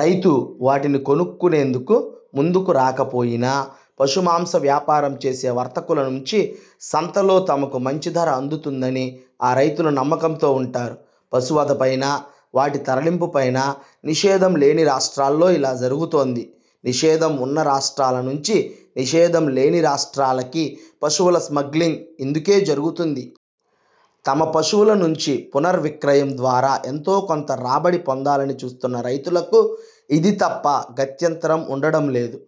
రైతూ వాటిని కొనుక్కొనేందుకు ముందుకు రాకపోయినా, పశు మాంస వ్యాపారం చేసే వర్తకుల నుంచి సంతలో తమకు మంచి ధర అందుతుందని ఆ రైతులు నమ్మకంతో ఉంటారు. పశువధపైనా, వాటి తరలింపుపైనా నిషేధం లేని రాష్ట్రాల్లో ఇలా జరుగుతోంది. నిషేధం ఉన్న రాష్ట్రాల నుంచి నిషేధం లేని రాష్ట్రాలకి పశువుల 'స్మగ్లింగ్' ఇందుకే జరుగుతోంది. తమ పశువుల నుంచి పునర్విక్రయం ద్వారా ఎంతో కొంత రాబడి పొందాలని చూస్తున్న రైతులకు ఇది తప్ప గత్యంతరం ఉండటం లేదు.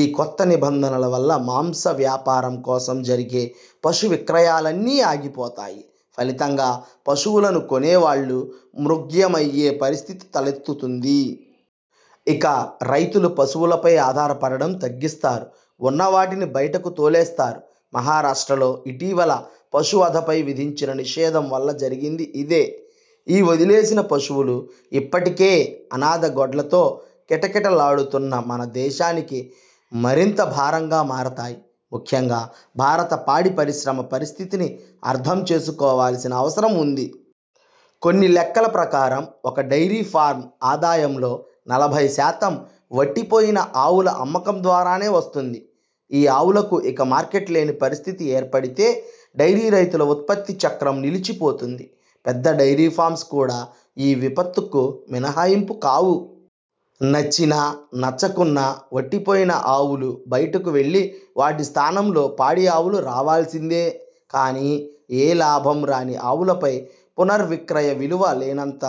ఈ కొత్త నిబంధనల వల్ల మాంస వ్యాపారం కోసం జరిగే పశు విక్రయాలన్నీ ఆగిపోతాయి. ఫలితంగా పశువులను కొనేవాళ్ళు మృగ్యమయ్యే పరిస్థితి తలెత్తుతుంది. ఇక రైతులు పశువులపై ఆధారపడటం తగ్గిస్తారు. ఉన్నవాటిని బయటకు తోలేస్తారు. మహారాష్ట్రలో ఇటీవల పశువధపై విధించిన నిషేధం వల్ల జరిగింది ఇదే. ఈ వదిలేసిన పశువులు ఇప్పటికే అనాథ గొడ్లతో కిటకిటలాడుతున్న మన దేశానికి మరింత భారంగా మారతాయి. ముఖ్యంగా భారత పాడి పరిశ్రమ పరిస్థితిని అర్థం చేసుకోవాల్సిన అవసరం ఉంది. కొన్ని లెక్కల ప్రకారం ఒక డైరీ ఫార్మ్ ఆదాయంలో నలభై శాతం వట్టిపోయిన ఆవుల అమ్మకం ద్వారానే వస్తుంది. ఈ ఆవులకు ఇక మార్కెట్ లేని పరిస్థితి ఏర్పడితే, డైరీ రైతుల ఉత్పత్తి చక్రం నిలచిపోతుంది. పెద్ద డైరీ ఫార్మ్స్ కూడా ఈ విపత్తుకు మినహాయింపు కావు. నచ్చినా నచ్చకున్నా, వట్టిపోయిన ఆవులు బయటకువెళ్ళి వాటి స్థానంలో పాడి ఆవులు రావాల్సిందే. కానీ ఏ లాభం రాని ఆవులపై పునర్విక్రయ విలువ లేనంత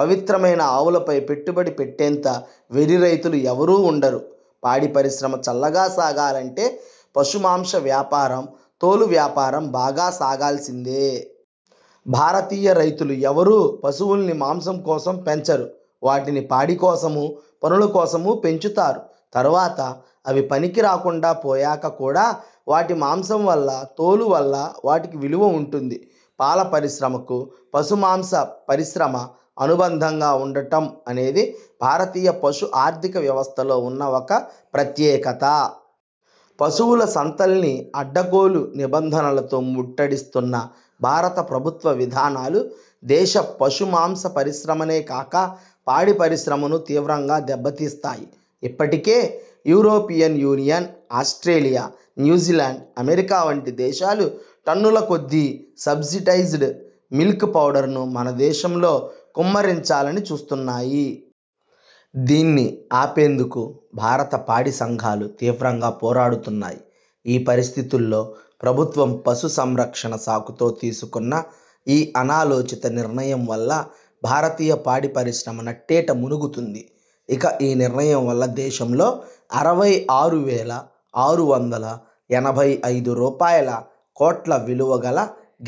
పవిత్రమైన ఆవులపై పెట్టుబడి పెట్టేంత వెర్రి రైతులు ఎవరూ ఉండరు. పాడి పరిశ్రమ చల్లగా సాగాలంటే, పశు మాంస వ్యాపారం, తోలు వ్యాపారం బాగా సాగాల్సిందే. భారతీయ రైతులు ఎవరూ పశువుల్ని మాంసం కోసం పెంచరు వాటిని పాడి కోసమూ, పనుల కోసమూ పెంచుతారు. తర్వాత అవి పనికిరాకుండా పోయాక కూడా వాటి మాంసం వల్ల, తోలు వల్లా వాటికి విలువ ఉంటుంది. పాల పరిశ్రమకు పశు మాంస పరిశ్రమ అనుబంధంగా ఉండటం అనేది భారతీయ పశు ఆర్థిక వ్యవస్థలో ఉన్న ఒక ప్రత్యేకత. పశువుల సంతల్ని అడ్డగోలు నిబంధనలతో ముట్టడిస్తున్న భారత ప్రభుత్వ విధానాలు దేశ పశు మాంస పరిశ్రమనే గాక, పాడి పరిశ్రమనూ తీవ్రంగా దెబ్బతీస్తాయి. ఇప్పటికే European Union, Australia, New Zealand, America వంటి దేశాలు టన్నుల కొద్దీ సబ్సిడైజ్డ్ మిల్క్ పౌడర్ను మన దేశంలో కుమ్మరించాలని చుస్తున్నాయి. దీన్ని ఆపేందుకు భారత పాడి సంఘాలు తీవ్రంగా పోరాడుతున్నాయి. ఈ పరిస్థితుల్లో ప్రభుత్వం పశు సంరక్షణ సాకుతో తీసుకున్న ఈ అనాలోచిత నిర్ణయం వల్ల భారతీయ పాడి పరిశ్రమ నట్టేట మునుగుతుంది. ఇక ఈ నిర్ణయం వల్ల దేశంలో ఇరవై ఆరు వేల ఆరు వందల ఎనభై ఐదు రూపాయలుకోట్ల విలువ గల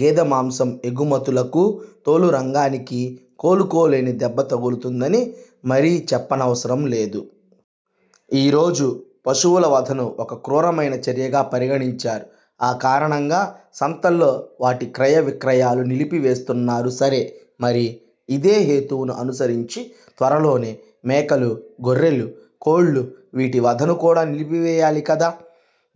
గేదె మాంసం ఎగుమతులకూ, తోలు రంగానికీ కోలుకోలేని దెబ్బ తగులుతుందని మరి చెప్పనవసరం లేదు. ఈ రోజు పశువుల వధను ఒక క్రూరమైన చర్యగా పరిగణించారు, ఆ కారణంగా సంతల్లో వాటి క్రయ విక్రయాలు నిలిపివేస్తున్నారు సరే మరి ఇదే హేతువును అనుసరించి త్వరలోనే మేకలు, గొర్రెలు, కోళ్ళూ వీటి వధను కూడా నిలిపివేయాలి కదా.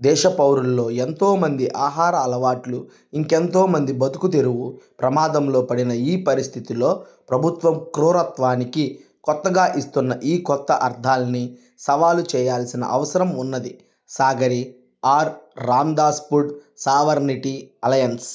దేశ పౌరుల్లో ఎంతో మంది ఆహార అలవాట్లూ, ఇంకెంతో మంది బతుకుతెరువూ ప్రమాదంలో పడిన ఈ పరిస్థితిలో ప్రభుత్వం ''క్రూరత్వా''నికి కొత్తగా ఇస్తున్న ఈ కొత్త అర్థాల్ని సవాలు చేయాల్సిన అవసరం ఉన్నది. Sagari R. Ramdas food sovereignty alliance